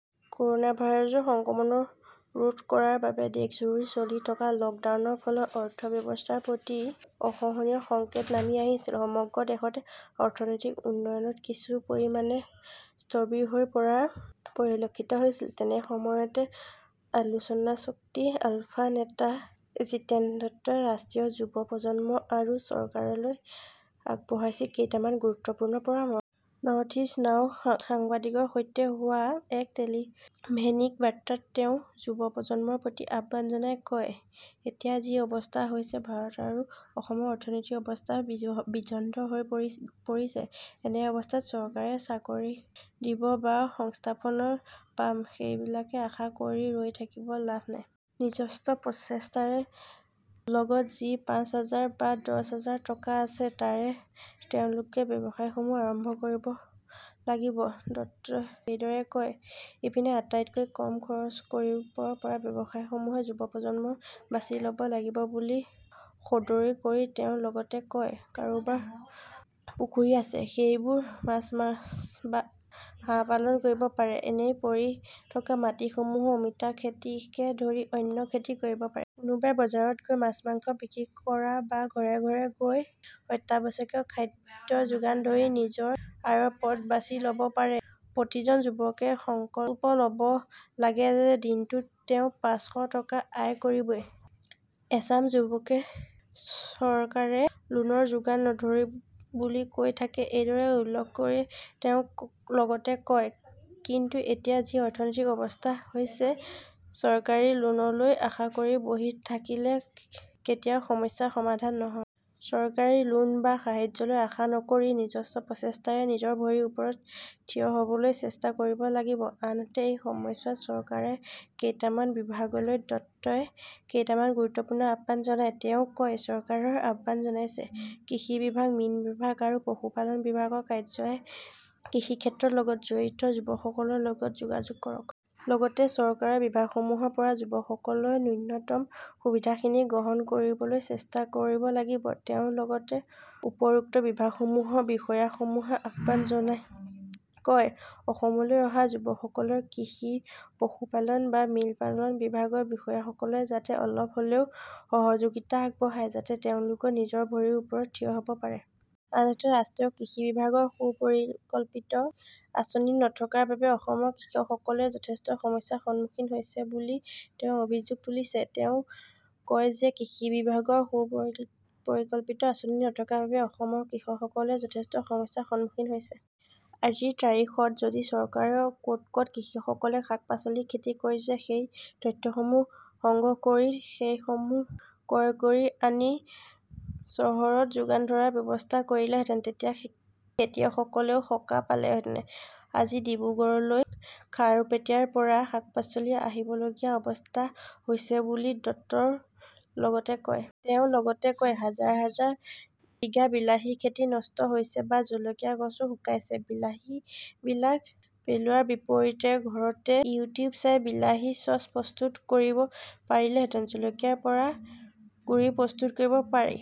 Corona ভাইৰাছৰ সংক্ৰমণ ৰোধ কৰাৰ বাবে দেশজুৰি চলি থকা লকডাউনৰ ফলত অৰ্থ ব্যৱস্থাৰ প্ৰতি অশনি সংকেত নামি আহিছে। সমগ্ৰ দেশতে অৰ্থনৈতিক উন্নয়ন কিছু পৰিমাণে স্থবিৰ হৈ পৰা পৰিলক্ষিত হৈছে। তেনে সময়তে আলোচনাপন্থী আলফা নেতা জীতেন দত্তই ৰাজ্যৰ যুৱ প্ৰজন্ম আৰু চৰকাৰলৈ আগবঢ়াইছে কেইটামান গুৰুত্বপূৰ্ণ পৰামৰ্শ। নৰ্থ ইষ্ট নাওৰ সাংবাদিকৰে সৈতে হোৱা এক টেলিফোনিক বাৰ্তালাপত তেওঁ যুৱ প্ৰজন্মৰ প্ৰতি আহ্বান জনাই কয় 'এতিয়া যি অৱস্থা হৈছে ভাৰত আৰু অসমৰ অৰ্থনৈতিক অৱস্থা বিধ্বস্ত হৈ পৰিছে। এনে অৱস্থাত চৰকাৰে চাকৰি দিব বা সংস্থাপন পাম সেইবিলাকলৈ আশা কৰি ৰৈ থাকি লাভ নাই। নিজস্ব প্ৰচেষ্টাৰে লগত যি পাঁচ হাজাৰ বা দহ হাজাৰ টকা আছে, তাৰে তেওঁলোকে ব্যৱসায়সমূহ আৰম্ভ কৰিব লাগিব। দত্তই এইদৰে কয়। ইপিনে আটাইতকৈ কম খৰচত কৰিব পৰা ব্যৱসায়সমূহ যুৱ প্ৰজন্মই বাছি ল'ব লাগিব বুলি সদৰী কৰি তেওঁ লগতে কয় কাৰোবাৰ পুখুৰী আছে সেইবোৰত মাছ বা হাঁহ পালন কৰিব পাৰে, এনেই পৰি থকা মাটিসমূহত অমিতা খেতিকে ধৰি অন্য খেতি কৰিব পাৰে। কোনোবাই বজাৰত গৈ মাছ-মাংস বিক্ৰী কৰা বা ঘৰে ঘৰে গৈ অত্যাৱশ্যকীয় খাদ্য যোগান ধৰি নিজৰ আয়ৰ পথ বাছি ল'ব পাৰে। প্ৰতিজন যুৱকে সংকল্প ল'ব লাগে যে দিনটোত তেওঁ পাঁচশ টকা আয় কৰিবই। এচাম যুৱকে চৰকাৰে লোণৰ যোগান নধৰে বুলি কৈ থাকে, এইদৰে উল্লেখ কৰি তেওঁ লগতে কয়, 'কিন্তু এতিয়া যি অৰ্থনৈতিক অৱস্থা হৈছে চৰকাৰী লোণলৈ আশা কৰি বহি থাকিলে কেতিয়াও সমস্যাৰ সমাধান নহয়। চৰকাৰী লোণ বা সাহায্যলৈ আশা নকৰি নিজস্ব প্ৰচেষ্টাৰে নিজৰ ভৰিৰ ওপৰত থিয় হ'বলৈ চেষ্টা কৰিব লাগে।' আনহাতে এই সময়ছোৱাত চৰকাৰৰ কেইটামান বিভাগলৈয়ো দত্তই কেইটামান গুৰুত্বপূৰ্ণ আহ্বান জনায়। তেওঁ কয় 'চৰকাৰক আহ্বান জনাইছোঁ কৃষি বিভাগ, মীন বিভাগ আৰু পশুপালন বিভাগৰ কাৰ্য্যালয়ে কৃষিক্ষেত্ৰৰ লগত জড়িত যুৱকসকলৰ লগত যোগাযোগ কৰক। লগতে চৰকাৰৰ বিভাগসমূহৰ পৰা যুৱকসকলে ন্যূনতম সুবিধাখিনি গ্ৰহণ কৰিবলৈ চেষ্টা কৰিব লাগে।' তেওঁ লগতে ওপৰোক্ত বিভাগসমূহৰ বিষয়াসকললৈ আহ্বান জনাই কয় 'অসমলৈ অহা যুৱকসকলক কৃষি, পশুপালন বা মীন বিভাগৰ বিষয়াসকলে যাতে অলপ হ'লেও সহযোগিতা আগবঢ়ায়, যাতে তেওঁলোক নিজৰ ভৰিৰ ওপৰত থিয় হ'ব পাৰে।' আনহাতে ৰাজ্যৰ কৃষি বিভাগৰ সুপৰিকল্পিত আঁচনি নথকাৰ বাবে অসমৰ কৃষকসকল যথেষ্ট সমস্যাৰ সন্মুখীন হৈছে বুলি তেওঁ অভিযোগ তোলে। তেওঁ কয় যে কৃষি বিভাগৰ সুপৰিকল্পিত আঁচনি নথকাৰ বাবে অসমৰ কৃষকসকল যথেষ্ট সমস্যাৰ সন্মুখীন হৈছে। আজিৰ তাৰিখত যদি চৰকাৰে ক'ত ক'ত কৃষকসকলে শাক-পাচলিৰ খেতি কৰিছে সেই তথ্যসমূহ সংগ্ৰহ কৰি সেইসমূহ ক্ৰয় কৰি আনি চহৰত যোগান ধৰাৰ ব্যৱস্থা কৰিলেহেঁতেন, তেতিয়া খেতিয়কসকলেও সকাহ পালেহেঁতেন। আজি ডিব্ৰুগড়লৈ খাৰুপেটীয়াৰ পৰা শাক-পাচলি আহিবলগীয়া অৱস্থা হৈছে বুলি দত্তই লগতে কয়। তেওঁ লগতে কয় 'হাজাৰ হাজাৰ বিঘা বিলাহী খেতি নষ্ট হৈছে বা জলকীয়া গছতে শুকাইছে। বিলাহীবিলাক পেলোৱাৰ বিপৰীতে ঘৰতে ইউটিউব চাই বিলাহীৰ চচ প্ৰস্তুত কৰিব পাৰিলেহেঁতেন, জলকীয়াৰ পৰা গুৰি প্ৰস্তুত কৰিব পাৰে।